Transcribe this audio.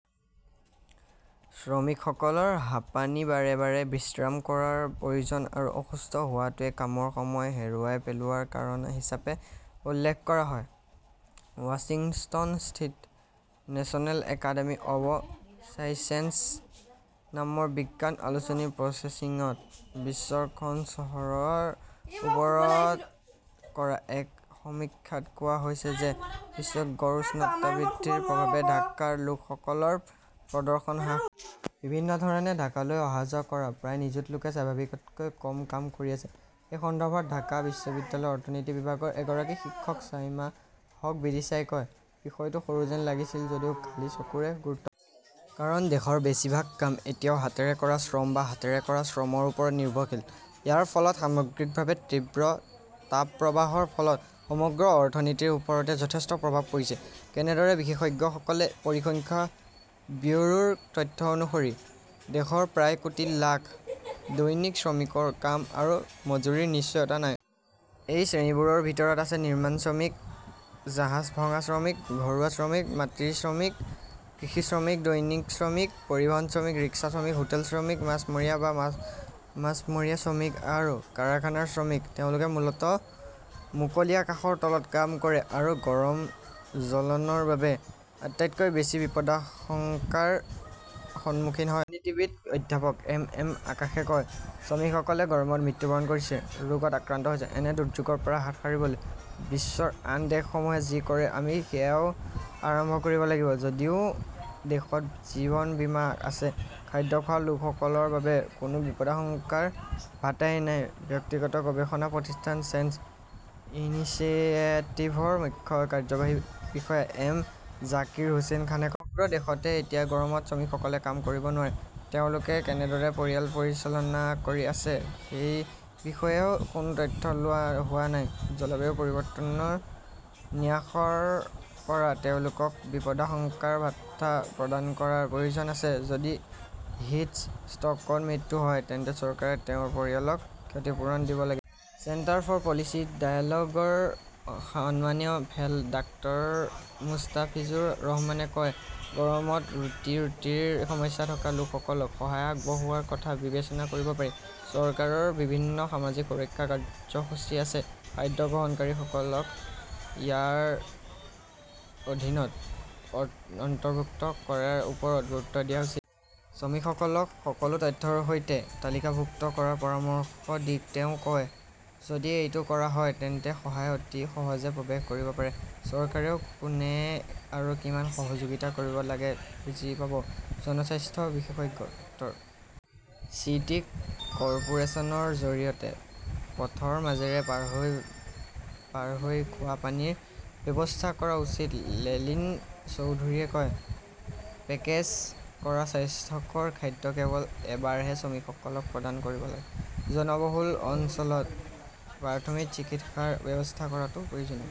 শ্ৰমিকসকলৰ হাঁপানি, বাৰে বাৰে বিশ্ৰাম কৰাৰ প্ৰয়োজন আৰু অসুস্থ হোৱাটোৱে কামৰ সময় হেৰুৱাই পেলোৱাৰ কাৰণ হিচাপে উল্লেখ কৰা হয়। ৱাশ্বিংটনস্থিত নেশ্যনেল একাডেমী অৱ চাইন্সেছ নামৰ বিজ্ঞান আলোচনী প্ৰচেছিংত বিশ্বৰ খন চহৰৰ ওপৰত কৰা এক সমীক্ষাত কোৱা হৈছে যে বিশ্বৰ গড় উষ্ণতা বৃদ্ধিৰ প্ৰভাৱে ঢাকাৰ লোকসকলৰ প্ৰদৰ্শন হ্ৰাস বিভিন্ন ধৰণে ঢাকালৈ অহা-যোৱা কৰা প্ৰায় নিযুত লোকে স্বাভাৱিকতকৈ কম কাম কৰি আছে। এই সন্দৰ্ভত ঢাকা বিশ্ববিদ্যালয়ৰ অৰ্থনীতি বিভাগৰ এগৰাকী শিক্ষক চাইমা হক বিদিশাই কয়, বিষয়টো সৰু যেন লাগিছিল যদিও খালী চকুৰে গুৰুত্বপূৰ্ণ। কাৰণ দেশৰ বেছিভাগ কাম এতিয়াও হাতেৰে কৰা শ্ৰম বা হাতেৰে কৰা শ্ৰমৰ ওপৰত নিৰ্ভৰশীল। ইয়াৰ ফলত সামগ্ৰিকভাৱে তীব্ৰ তাপপ্ৰবাহৰ ফলত সমগ্ৰ অৰ্থনীতিৰ ওপৰত যথেষ্ট প্ৰভাৱ পৰিছে। কেনেদৰে বিশেষজ্ঞসকলে পৰিসংখ্যা ব্যুৰোৰ তথ্য অনুসৰি দেশৰ প্ৰায় কোটি লাখ দৈনিক শ্ৰমিকৰ কাম আৰু মজুৰিৰ নিশ্চয়তা নাই। এই শ্ৰেণীবোৰৰ ভিতৰত আছে নিৰ্মাণ শ্ৰমিক, জাহাজ ভঙা শ্ৰমিক, ঘৰুৱা শ্ৰমিক, মাটিৰ শ্ৰমিক, কৃষি শ্ৰমিক, দৈনন্দিন শ্ৰমিক, পৰিবহণ শ্ৰমিক, ৰিক্সা শ্ৰমিক, হোটেল শ্ৰমিক, মাছমৰীয়া বা মাছমৰীয়া শ্ৰমিক আৰু কাৰখানাৰ শ্ৰমিক। তেওঁলোকে মূলতঃ মুকলি আকাশৰ তলত কাম কৰে আৰু গৰম জ্বলনৰ বাবে আটাইতকৈ বেছি বিপদাশংকাৰ সন্মুখীন হয়। অৰ্থনীতিবিদ অধ্যাপক এম এম আকাশে কয়, শ্ৰমিকসকলে গৰমত মৃত্যুবৰণ কৰিছে, ৰোগত আক্ৰান্ত হৈছে। এনে দুৰ্যোগৰ পৰা হাত সাৰিবলৈ বিশ্বৰ আন দেশসমূহে যি কৰে আমি সেয়াও আৰম্ভ কৰিব লাগিব। যদিও দেশত জীৱন বীমা আছে, খাদ্য খোৱা লোকসকলৰ বাবে কোনো বিপদাশংকাৰ ভাতাই নাই, ব্যক্তিগত গৱেষণা প্ৰতিষ্ঠান চেঞ্জ ইনিচিয়েটিভৰ মুখ্য কাৰ্যবাহী বিষয়া এম জাকিৰ হোসেন খানে কয়। সমগ্ৰ দেশতে এতিয়া গৰমত শ্ৰমিকসকলে কাম কৰিব নোৱাৰে। তেওঁলোকে কেনেদৰে পৰিয়াল পৰিচালনা কৰি আছে সেই বিষয়েও কোনো তথ্য লোৱা হোৱা নাই। জলবায়ু পৰিৱৰ্তন ন্যাসৰ পৰা তেওঁলোকক বিপদাশংকাৰ ভাত্তা প্ৰদান কৰাৰ প্ৰয়োজন আছে। যদি হিট ষ্ট্ৰ 'কত মৃত্যু হয় তেন্তে চৰকাৰে তেওঁৰ পৰিয়ালক ক্ষতিপূৰণ দিব লাগে। চেণ্টাৰ ফৰ পলিচি ডায়ালগ ৰ সন্মানীয় ফেল 'ডাঃ মুস্তাফিজুৰ ৰহমানে কয়, গৰমত ৰুটি-ৰুটিৰ সমস্যা থকা লোকসকলক সহায় আগবঢ়োৱাৰ কথা বিবেচনা কৰিব পাৰি। চৰকাৰৰ বিভিন্ন সামাজিক সুৰক্ষা কাৰ্যসূচী আছে। খাদ্য গ্ৰহণকাৰীসকলক ইয়াৰ অধীনত অন্তৰ্ভুক্ত কৰাৰ ওপৰত গুৰুত্ব দিয়া উচিত। শ্ৰমিকসকলক সকলো তথ্যৰ সৈতে তালিকাভুক্ত কৰাৰ পৰামৰ্শ দি তেওঁ কয় যদি এইটো কৰা হয় তেন্তে সহায় অতি সহজে প্ৰৱেশ কৰিব পাৰে। চৰকাৰেও কোনে আৰু কিমান সহযোগিতা কৰিব লাগে বুজি পাব। জনস্বাস্থ্য বিশেষজ্ঞ ড. চি টি কৰ্পোৰেচনৰ জৰিয়তে পথৰ মাজেৰে পাৰ হৈ পাৰ হৈ খোৱা পানীৰ ব্যৱস্থা কৰা উচিত লেলিন চৌধুৰীয়ে কয়। পেকেজ কৰা স্বাস্থ্যকৰ খাদ্য কেৱল এবাৰহে শ্ৰমিকসকলক প্ৰদান কৰিব লাগে। জনবহুল অঞ্চলত প্ৰাথমিক চিকিৎসাৰ ব্যৱস্থা কৰাটো প্ৰয়োজনীয়।